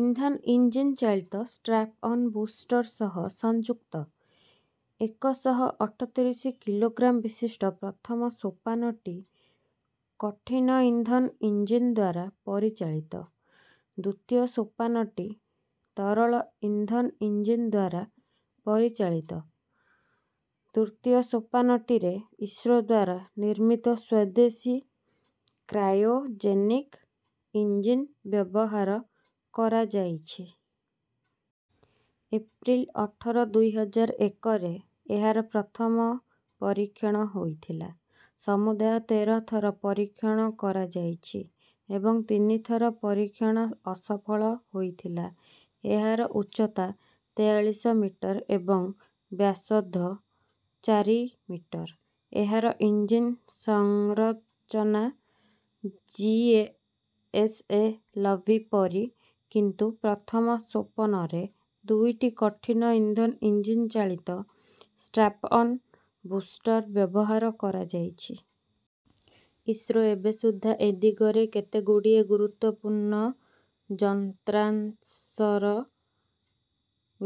ଇନ୍ଧନ ଇଞ୍ଜିନ୍ ଚାଳିତ strap on booster ସହ ସଂଯୁକ୍ତ। ଏକ ଶହ ଅଠତିରିଶ କିଲୋଗ୍ରାମ୍ ବିଶିଷ୍ଟ ପ୍ରଥମ ସୋପାନଟି କଠିନ ଇନ୍ଧନ ଇଞ୍ଜିନଦ୍ୱାରା ପରିଚାଳିତ। ଦ୍ଵିତୀୟ ସୋପାନଟି ତରଳ ଇନ୍ଧନ ଇଞ୍ଜିନଦ୍ୱାରା ପରିଚାଳିତ। ତୃତୀୟ ସୋପାନଟିରେ ଇସ୍ରୋ ଦ୍ୱାରା ନିର୍ମିତ ସ୍ୱଦେଶୀ କ୍ରାୟୋଜେନିକ ଇଞ୍ଜିନ୍ ବ୍ୟବହାର କରଯାଇଛି। ଏପ୍ରିଲ୍ ଅଠର ଦୁଇ ହଜାର ଏକରେ ଏହାର ପ୍ରଥମ ପରୀକ୍ଷଣ ହୋଇଥିଲା। ସମୁଦାୟ ତେର ଥର ପରୀକ୍ଷଣ କରାଯାଇଛି ଏବଂ ତିନି ଥର ପରିକ୍ଷଣ ଅସଫଳ ହୋଇଥିଲା। ଏହାର ଉଚ୍ଚତା ତେୟାଳିଶ ମିଟର ଏବଂ ବ୍ୟାସର୍ଦ୍ଧ ଚାରି ମିଟର। ଏହାର ଇଞ୍ଜିନ୍ ସଂରଚନା ଜିଏସଏଲଭି ପରି କିନ୍ତୁ ପ୍ରଥମ ସୋପନରେ ଦୁଇଟି କଠିନ ଇନ୍ଧନ ଇଞ୍ଜିନ୍ ଚାଳିତ ଷ୍ଟ୍ରାପ୍ଅନ ବୁଷ୍ଟର୍ ବ୍ୟବହାର କରାଯାଇଛି। ଇସ୍ରୋ ଏବେ ସୁଦ୍ଧା ଏ ଦିଗରେ କେତେଗୁଡ଼ିଏ ଗୁରୁତ୍ୱପୂର୍ଣ୍ଣ ଯନ୍ତ୍ରାଂଶର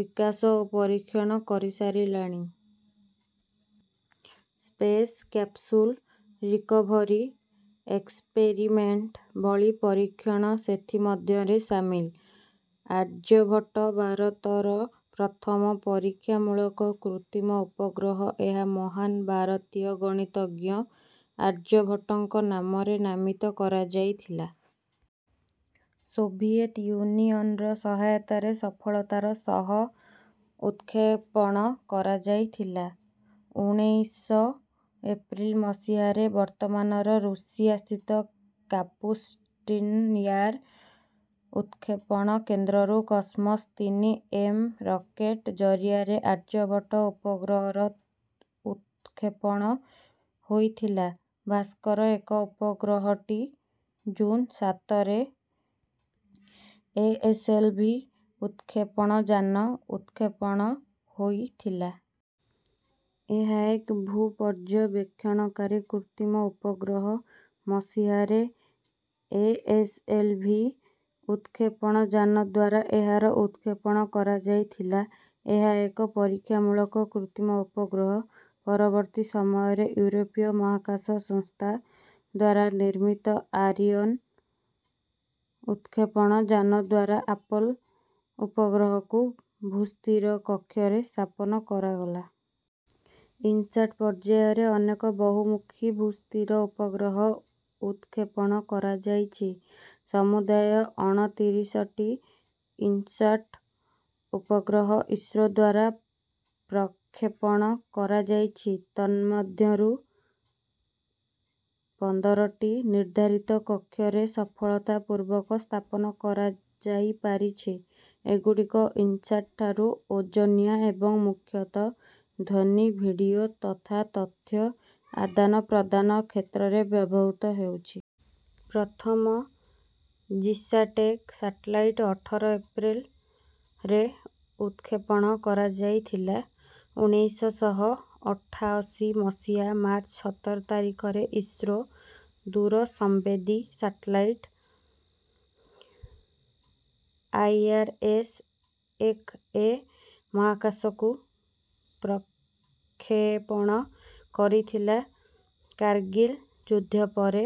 ବିକାଶ ଓ ପରୀକ୍ଷଣ କରିସାରିଲଣି। ସ୍ପେସ୍ କ୍ୟାପସୁଲ୍ ରିକଭରୀ ଏକ୍ସପେରିମେଣ୍ଟ ଭଳି ପରୀକ୍ଷଣ ସେଥି ମଧ୍ୟରେ ସାମିଲ। ଆର୍ଯ୍ୟଭଟ୍ଟ ଭାରତର ପ୍ରଥମ ପରୀକ୍ଷାମୂଳକ କୃତ୍ରିମ ଉପଗ୍ରହ। ଏହା ମହାନ ଭାରତୀୟ ଗଣିତଜ୍ଞ ଆର୍ଯ୍ୟଭଟ୍ଟଙ୍କ ନାମରେ ନାମିତ କରାଯାଇଥିଲା। ସୋଭିଏତ ଯୁନିୟନର ସହାୟତାରେ ସଫଳତାର ସହ ଉତକ୍ଷେପଣ କରାଯାଇଥିଲା। ଉଣେଇଶ ଅପ୍ରେଲ ମସିହାରେ ବର୍ତ୍ତମାନର ରୁଷିଆସ୍ଥିତ କାପୁଷ୍ଟିନ୍ ୟାର ଉତକ୍ଷେପଣ କେନ୍ଦ୍ରରୁ କସ୍‌ମସ୍ ତିନି ଏମ ରକେଟ ଜରିଆରେ ଆର୍ଯ୍ୟଭଟ୍ଟ ଉପଗ୍ରହର ଉତକ୍ଷେପଣ ହେଇଥିଲା। ଭାସ୍କର ଏକ ଉପଗ୍ରହଟି ଜୁନ ସାତରେ ଏଏସଏଲଭି ଉତକ୍ଷେପଣଯାନ ଉତକ୍ଷେପଣ ହେଇଥିଲା। ଏହା ଏକ୍ ଭୂପର୍ଯ୍ୟବେକ୍ଷଣକାରୀ କୃତ୍ରିମ ଉପଗ୍ରହ। ମସିହାରେ ଏଏସଏଲଭି ଉତକ୍ଷେପଣଯାନ ଦ୍ୱାରା ଏହାର ଉତକ୍ଷେପଣ କରାଯାଇଥିଲା। ଏହା ଏକ ପରୀକ୍ଷାମୂଳକ କୃତ୍ରିମ ଉପଗ୍ରହ। ପରବର୍ତ୍ତୀ ସମୟରେ ୟୁରୋପୀୟ ମହାକାଶ ସଂସ୍ଥା ଦ୍ୱାରା ନିର୍ମିତ ଆରିଅନ୍ ଉତକ୍ଷେପଣ ଯାନ ଦ୍ୱାରା ଆପଲ୍ ଉପଗ୍ରହକୁ ଭୂସ୍ଥିର କକ୍ଷରେ ସ୍ଥାପନା କରଗଲା। ଇନସାଟ୍ ପର୍ଯ୍ୟାୟରେ ଅନେକ ବହୁମୂଖୀ ଭୂସ୍ଥିର ଉପଗ୍ରହ ଉତକ୍ଷେପଣ କରାଯାଇଛି। ସମୂଦାୟ ଅଣତିରିଶଟି ଇନସାଟ୍ ଉପଗ୍ରହ ଇସ୍ରୋ ଦ୍ୱାରା ପ୍ରକ୍ଷେପଣ କରାଯାଇଛି ତନ୍ମଧ୍ୟରୁ ପନ୍ଦରଟି ନିର୍ଦ୍ଧାରିତ କକ୍ଷରେ ସଫଳତା ପୂର୍ବକ ସ୍ଥାପନ କରାଯାଇପାରିଛି। ଏଗୁଡିକ ଇନସାଟ୍ ଠାରୁ ଓଜନିଆ ଏବଂ ମୂଖ୍ୟତଃ ଧ୍ୱନି ଭିଡିଓ ତଥା ତଥ୍ୟ ଆଦାନପ୍ରଦାନ କ୍ଷେତ୍ରରେ ବ୍ୟବହୃତ ହେଉଛି। ପ୍ରଥମ ଜିସାଟ୍ଏକ ସାଟେଲାଇଟ୍ ଅଠର ଅପ୍ରେଲ୍ ରେ ଉତକ୍ଷେପଣ କରାଯାଇଥିଲା। ଉଣେଇଶ ଶହ ଅଠାଅଶୀ ମସିହା ମାର୍ଚ୍ଚ ସତର ତାରିଖରେ ଇସ୍ରୋ ଦୂରସଂବେଦୀ ସାଟେଲାଇଟ୍ ଆଇଆରଏସ୍ଏକଏ ମହାକାଶକୁ ପ୍ରକ୍ଷେପଣ କରିଥିଲା। କାର୍ଗିଲ ଯୁଦ୍ଧ ପରେ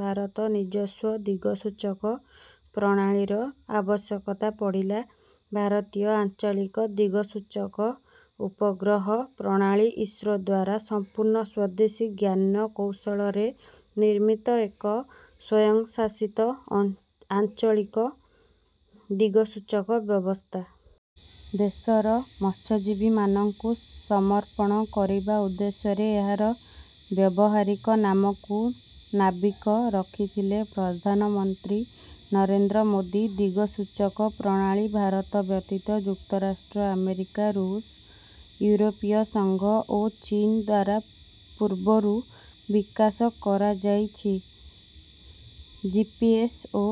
ଭାରତ ନିଜସ୍ୱ ଦିଗସୂଚକ ପ୍ରଣାଳୀର ଆବଶ୍ୟକତା ପଡିଲା। ଭାରତୀୟ ଆଞ୍ଚଳିକ ଦିଗସୂଚକ ଉପଗ୍ରହ ପ୍ରଣାଳୀ ଇସ୍ରୋ ଦ୍ୱାରା ସମ୍ପୂର୍ଣ୍ଣ ସ୍ୱଦେଶୀ ଜ୍ଞାନ କୌଶଳରେ ନିର୍ମିତ ଏକ ସ୍ୱୟଂଶାସିତ ଆଞ୍ଚଳିକ ଦିଗସୂଚକ ବ୍ୟବସ୍ଥା। ଦେଶର ମତ୍ସ୍ୟଜୀବିମାନଙ୍କୁ ସମର୍ପଣ କରିବା ଉଦ୍ଦେଶ୍ୟରେ ଏହାର ବ୍ୟବହାରିକ ନାମକୁ ନାବିକ ରଖିଥିଲେ ପ୍ରଧାନମନ୍ତ୍ରୀ ନରେନ୍ଦ୍ର ମୋଦୀ। ଦିଗସୂଚକ ପ୍ରଣାଳୀ ଭାରତ ବ୍ୟତୀତ ଯୁକ୍ତରାଷ୍ଟ୍ର ଆମେରିକା ଋଷ୍ ଇଉରୋପୀୟ ସଂଘ ଓ ଚୀନ୍ ଦ୍ୱାରା ପୁର୍ବରୁ ବିକାଶ କରାଯାଇଛି। ଜିପିଏସ୍ ଓ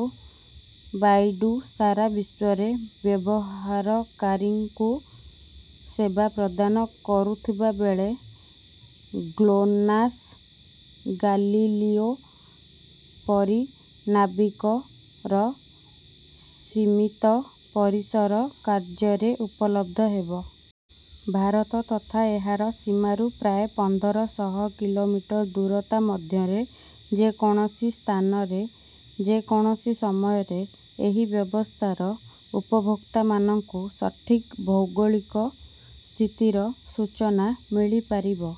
ବାଇଡୁ ସାରା ବିଶ୍ୱରେ ବ୍ୟବହାରକାରୀଙ୍କୁ ସେବା ପ୍ରଦାନ କରୁଥିବାବେଳେ ଗ୍ଲୋନାସ୍ ଗାଲିଲିଓ ପରି ନାବିକ ର ସୀମିତ ପରିସର କାର୍ଯ୍ୟ ରେ ଉପଲବ୍ଧ ହେବ। ଭାରତ ତଥା ଏହାର ସୀମାରୁ ପ୍ରାୟ ପନ୍ଦର ଶହ କିଲୋମିଟର ଦୂରତା ମଧ୍ୟରେ ଯେକୌଣସି ସ୍ଥାନରେ, ଯେକୌଣସି ସମୟରେ ଏହି ବ୍ୟବସ୍ଥାର ଉପଭୋକ୍ତାମାନଙ୍କୁ ସଠିକ୍ ଭୌଗୋଳିକ ସ୍ଥିତିର ସୂଚନା ମିଳିପାରିବ।